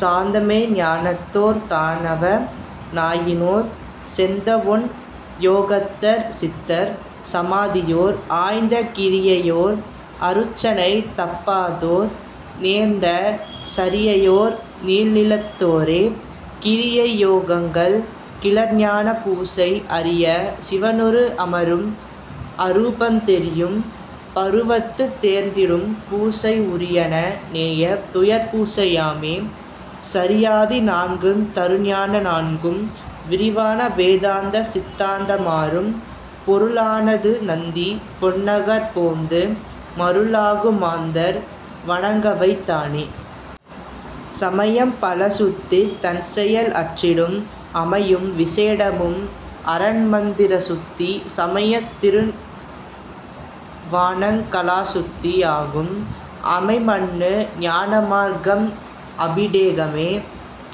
சார்ந்தமெய்ஞ் ஞானத்தோர் தானவ னாயினோர் சேர்ந்தவெண் யோகத்தர் சித்தர் சமாதியோர் ஆய்ந்த கிரியையோர் அருச்சனை தப்பாதோர் நேர்ந்த சரியையோர் நீள்நிலத் தோரே. கிரியை யோகங்கள் கிளர்ஞான பூசை அரிய சிவனுரு அமரும் அரூபந் தெரியும் பருவத்துத் தேர்ந்திடும் பூசை உரியன நேயத் துயர்பூசை யாமே. சரியாதி நான்குந் தருஞான நான்கும் விரிவான வேதாந்த சித்தாந்த மாறும் பொருளா னதுநந்தி பொன்னகர் போந்து மருளாகு மாந்தர் வணங்கவைத் தானே. சமையம் பலசுத்தித் தன்செயல் அற்றிடும் அமையும் விசேடமும் அரன்மந் திரசுத்தி சமைய நிருவாணங் கலாசுத்தி யாகும் அமைமன்னு ஞானமார்க் கம்அபிடேகமே..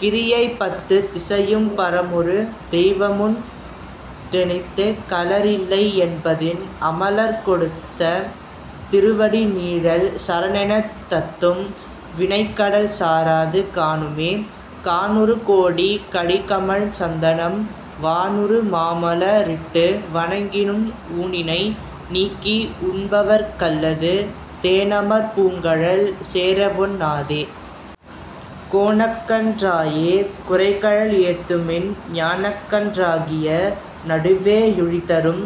கிரியை பத்துத் திசையும் பரமொரு தெய்வமுண் டெத்திக் கிலரில்லை என்பதின் அமலர்க் கொத்துத் திருவடி நீழல் சரணெனத் தத்தும் வினைக்கடல் சாராது காணுமே. கானுறு கோடி கடிகமழ் சந்தனம் வானுறு மாமல ரிட்டு வணங்கினும் ஊனினை நீக்கி உண்பவர்க் கல்லது தேனமர் பூங்கழல் சேரவொண் ணாதே. கோனக்கன் றாயே குரைகழல் ஏத்துமின் ஞானக்கன் றாகிய நடுவே யுழிதரும்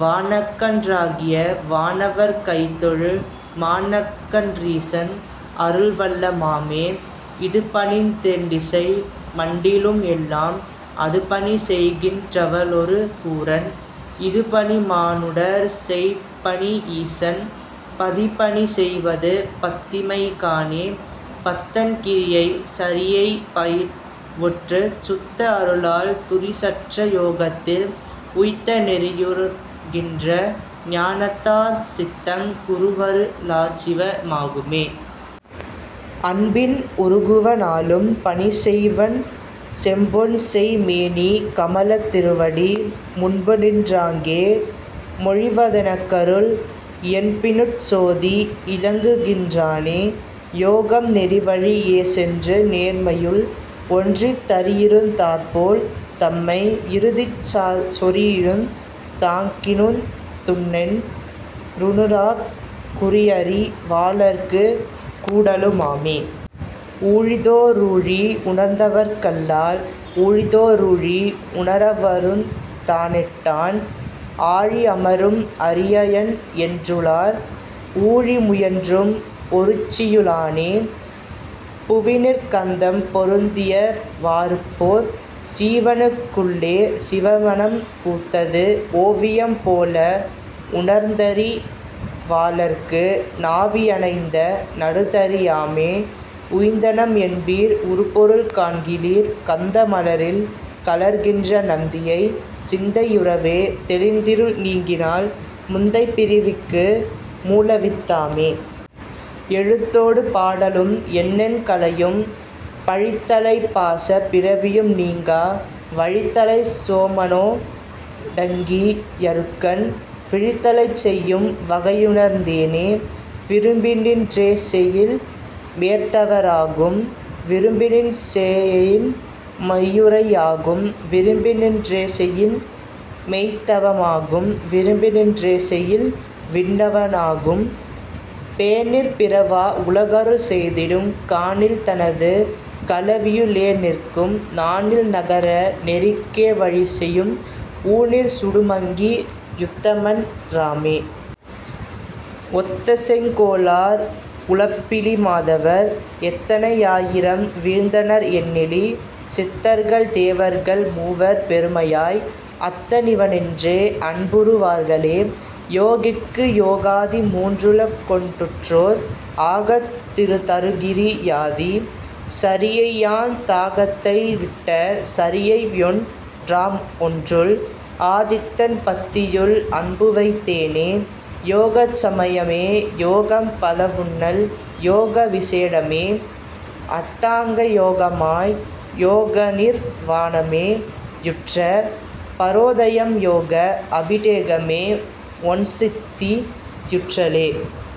வானக்கன் றாகிய வானவர் கைதொழு மானக்கன் றீசன் அருள்வள்ள மாமே. இதுபணிந் தெண்டிசை மண்டிலம் எல்லாம் அதுபணி செய்கின் றவளொரு கூறன் இதுபணி மானுடர் செய்பணி யீசன் பதிபணி செய்வது பத்திமை காணே. பத்தன் கிரியை சரியை பயில்வுற்றுச் சுத்த அருளால் துரிசற்ற யோகத்தில் உய்த்த நெறியுற் றுணர்கின்ற ஞானத்தாற் சித்தங் குருவரு ளாற்சிவ மாகுமே. அன்பின் உருகுவ நாளும் பணிசெய்வன் செம்பொன்செய் மேனி கமலத் திருவடி முன்புநின் றாங்கே மொழிவ தெனக்கருள் என்பினுட் சோதி இலங்குகின் றானே.. யோகம் நெறிவழி யேசென்று நேர்மையுள் ஒன்றித் தறியிருந் தாற்போல் தம்மை யிருத்திச் சொறியினுந் தாக்கினுந் துண்ணென் றுணராக் குறியறி வாளர்க்குக் கூடலு மாமே. ஊழிதோ றூழிஉணர்ந்தவர்க் கல்லால் ஊழிதோ றூழி உணரவுந் தானொட்டான் ஆழி அமரும் அரியயன் என்றுளார் ஊழி முயன்றும் ஒருச்சியு ளானே. பூவினிற் கந்தம் பொருந்திய வாறுபோற் சீவனுக் குள்ளே சிவமணம் பூத்தது ஓவியம் போல உணர்ந்தறி வாளர்க்கு நாவி யணைந்த நடுதறி யாமே. உய்ந்தனம் என்பீர் உறுபொருள் காண்கிலீர் கந்த மலரிற் கலக்கின்ற நந்தியைச் சிந்தை யுறவே தெளிந்திருள் நீங்கினால் முந்தைப் பிறவிக்கு மூலவித் தாமே. எழுத்தோடு பாடலும் எண்ணெண் கலையும் பழித்தலைப் பாசப் பிறவியும் நீங்கா வழித்தலைச் சோமனோ டங்கி யருக்கன் வழித்தலைச் செய்யும் வகையுணர்ந் தேனே. விரும்பிநின் றேசெயில் மேய்த்தவ ராகும் விரும்பிநின் றேசெயின் மெய்யுரை யாகும் விரும்பிநின் றேசெயின் மெய்த்தவ மாகும் விரும்பிநின் றேசெயில் விண்ணவ னாகுமே. பேணிற் பிறவா உலகருள் செய்திடுங் காணில் தனது கலவியு ளேநிற்கும் நாணில் நகர நெறிக்கே வழிசெயும் ஊனிற் சுடுமங்கி யுத்தமன் றானே. ஒத்தசெங் கோலார் உலப்பிலி மாதவர் எத்தனை யாயிரம் வீழ்ந்தனர் எண்ணிலி சித்தர்கள் தேவர்கள் மூவர் பெருமையாய் அத்த னிவனென்றே அன்புறு வார்களே. யோகிக்கு யோகாதி மூன்றுள கொண்டுற்றோர் ஆகத் தருகிரி யாதி சரியையாந் தாகத்தை விட்ட சரியையொன் றாம்ஒன்றுள் ஆதித்தன் பத்தியுள் அன்புவைத் தேனே. யோகச் சமயமே யோகம் பலவுன்னல் யோக விசேடமே அட்டாங்க யோகமாம் யோகநிர் வாணமே யுற்ற பரோதயம் யோக அபிடேகமே ஒண்சித்தி யுற்றலே..